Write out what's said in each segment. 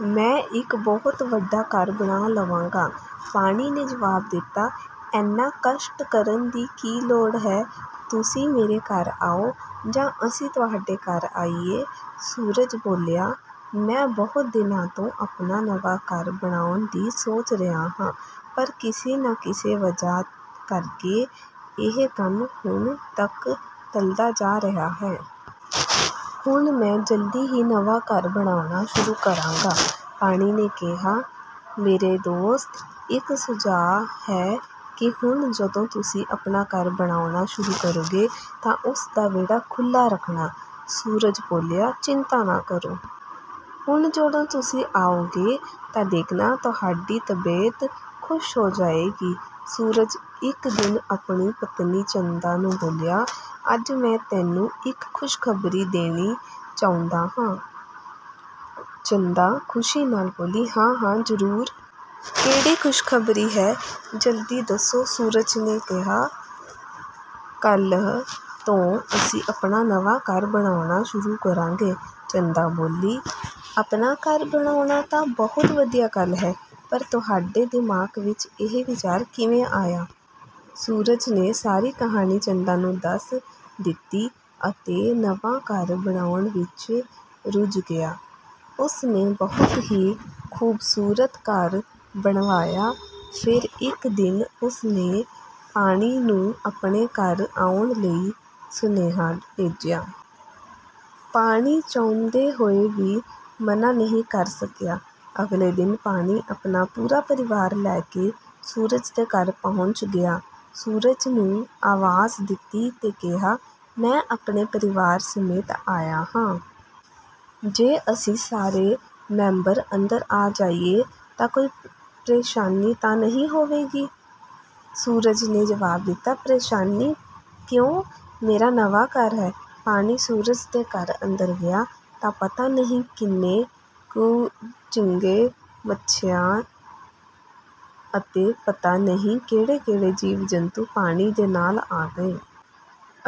ਮੈਂ ਇੱਕ ਬਹੁਤ ਵੱਡਾ ਘਰ ਬਣਾ ਲਵਾਂਗਾ।” ਪਾਣੀ ਨੇ ਜਵਾਬ ਦਿੱਤਾ, “ਐਨਾ ਕਸ਼ਟ ਕਰਨ ਦੀ ਕੀ ਲੋੜ ਹੈ? ਤੁਸੀਂ ਮੇਰੇ ਘਰ ਆਓ ਜਾਂ ਅਸੀਂ ਤੁਹਾਡੇ ਘਰ ਆਈਏ?” 'ਸੂਰਜ ਬੋਲਿਆ, “ਮੈਂ ਬਹੁਤ ਦਿਨਾਂ ਤੋਂ ਆਪਣਾ ਨਵਾਂ ਘਰ ਬਣਾਉਣ ਦੀ ਸੋਚ ਰਿਹਾ ਹਾਂ, ਪਰ ਕਿਸੇ ਨਾ ਕਿਸੇ ਵਜ੍ਹਾ ਕਰਕੇ ਇਹ ਕੰਮ ਹੁਣ ਤੱਕ ਟਲਦਾ ਜਾ ਰਿਹਾ ਹੈ। ਹੁਣ ਮੈਂ ਜਲਦੀ ਹੀ ਨਵਾਂ ਘਰ ਬਣਾਉਣਾ ਸ਼ੁਰੂ ਕਰਾਂਗਾ।'' ਪਾਣੀ ਨੇ ਕਿਹਾ, “ਮੇਰੇ ਦੋਸਤ, ਇੱਕ ਸੁਝਾਅ ਹੈ ਕਿ ਹੁਣ ਜਦੋਂ ਤੁਸੀਂ ਆਪਣਾ ਘਰ ਬਣਾਉਣਾ ਸ਼ੁਰੂ ਕਰੋਗੇ ਤਾਂ ਉਸ ਦਾ ਵਿਹੜਾ ਖੁੱਲ੍ਹਾ ਰੱਖਣਾ।” ਸੂਰਜ ਬੋਲਿਆ, “ਚਿੰਤਾ ਨਾ ਕਰੋ। ਹੁਣ ਜਦੋਂ ਤੁਸੀਂ ਆਓਗੇ ਤਾਂ ਦੇਖਣਾ, ਤੁਹਾਡੀ ਤਬੀਅਤ ਖ਼ੁਸ਼ ਹੋ ਜਾਵੇਗੀ।' ਸੂਰਜ ਇੱਕ ਦਿਨ ਆਪਣੀ ਪਤਨੀ ਚੰਦਾ ਨੂੰ ਬੋਲਿਆ, “ਅੱਜ ਮੈਂ ਤੈਨੂੰ ਇੱਕ ਖ਼ੁਸ਼ਖ਼ਬਰੀ ਦੇਣੀ ਚਾਹੁੰਦਾ ਹਾਂ।” ਚੰਦਾ ਖ਼ੁਸ਼ੀ ਨਾਲ ਬੋਲੀ, “ਹਾਂ-ਹਾਂ, ਜ਼ਰੂਰ! ਕਿਹੜੀ ਖ਼ੁਸ਼ਖ਼ਬਰੀ ਹੈ? ਜਲਦੀ ਦੱਸੋ।” ਸੂਰਜ ਨੇ ਕਿਹਾ ''ਕੱਲ੍ਹ ਤੋਂ ਅਸੀਂ ਆਪਣਾ ਨਵਾਂ ਘਰ ਬਣਾਉਣਾ ਸ਼ੁਰੂ ਕਰਾਂਗੇ। '' ਚੰਦਾ ਬੋਲੀ, “ਆਪਣਾ ਘਰ ਬਣਾਉਣਾ ਤਾਂ ਬਹੁਤ ਵਧੀਆ ਗੱਲ ਹੈ, ਪਰ ਤੁਹਾਡੇ ਦਿਮਾਗ਼ ਵਿੱਚ ਇਹ ਵਿਚਾਰ ਕਿਵੇਂ ਆਇਆ? ਸੂਰਜ ਨੇ ਸਾਰੀ ਕਹਾਣੀ ਚੰਦਾ ਨੂੰ ਦੱਸ ਦਿੱਤੀ ਅਤੇ ਨਵਾਂ ਘਰ ਬਣਾਉਣ ਵਿੱਚ ਰੁੱਝ ਗਿਆ। ਉਸ ਨੇ ਬਹੁਤ ਹੀ ਖ਼ੂਬਸੂਰਤ ਘਰ ਬਣਵਾਇਆ। ਫਿਰ ਇੱਕ ਦਿਨ ਉਸ ਨੇ ਪਾਣੀ ਨੂੰ ਆਪਣੇ ਘਰ ਆਉਣ ਲਈ ਸੁਨੇਹਾ ਭੇਜਿਆ। ਪਾਣੀ ਚਾਹੁੰਦੇ ਹੋਏ ਵੀ ਮਨ੍ਹਾਂ ਨਹੀਂ ਕਰ ਸਕਿਆ। ਅਗਲੇ ਦਿਨ ਪਾਣੀ ਆਪਣਾ ਪੂਰਾ ਪਰਿਵਾਰ ਲੈ ਕੇ ਸੂਰਜ ਦੇ ਘਰ ਪਹੁੰਚ ਗਿਆ। ਸੂਰਜ ਨੂੰ ਆਵਾਜ਼ ਦਿੱਤੀ ਤੇ ਕਿਹਾ, “ਮੈਂ ਆਪਣੇ ਪਰਿਵਾਰ ਸਮੇਤ ਆਇਆ ਹਾਂ। ਜੇ ਅਸੀਂ ਸਾਰੇ ਮੈਂਬਰ ਅੰਦਰ ਆ ਜਾਈਏ ਤਾਂ ਕੋਈ ਪ੍ਰੇਸ਼ਾਨੀ ਤਾਂ ਨਹੀਂ ਹੋਵੇਗੀ?” ਸੂਰਜ ਨੇ ਜਵਾਬ ਦਿੱਤਾ, ''ਪ੍ਰੇਸ਼ਾਨੀ ਕਿਉਂ? ਮੇਰਾ ਨਵਾਂ ਘਰ ਹੈ। ਪਾਣੀ ਸੂਰਜ ਦੇ ਘਰ ਅੰਦਰ ਗਿਆ ਤਾਂ ਪਤਾ ਨਹੀਂ ਕਿੰਨੇ ਕੁ ਝੀਂਗੇ, ਮੱਛੀਆਂ ਅਤੇ ਪਤਾ ਨਹੀਂ ਕਿਹੜੇ-ਕਿਹੜੇ ਜੀਵ-ਜੰਤੂ ਪਾਣੀ ਦੇ ਨਾਲ ਆ ਗਏ।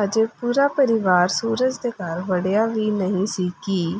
ਅਜੇ ਪੂਰਾ ਪਰਿਵਾਰ ਸੂਰਜ ਦੇ ਘਰ ਵੜਿਆ ਵੀ ਨਹੀਂ ਸੀ ਕਿ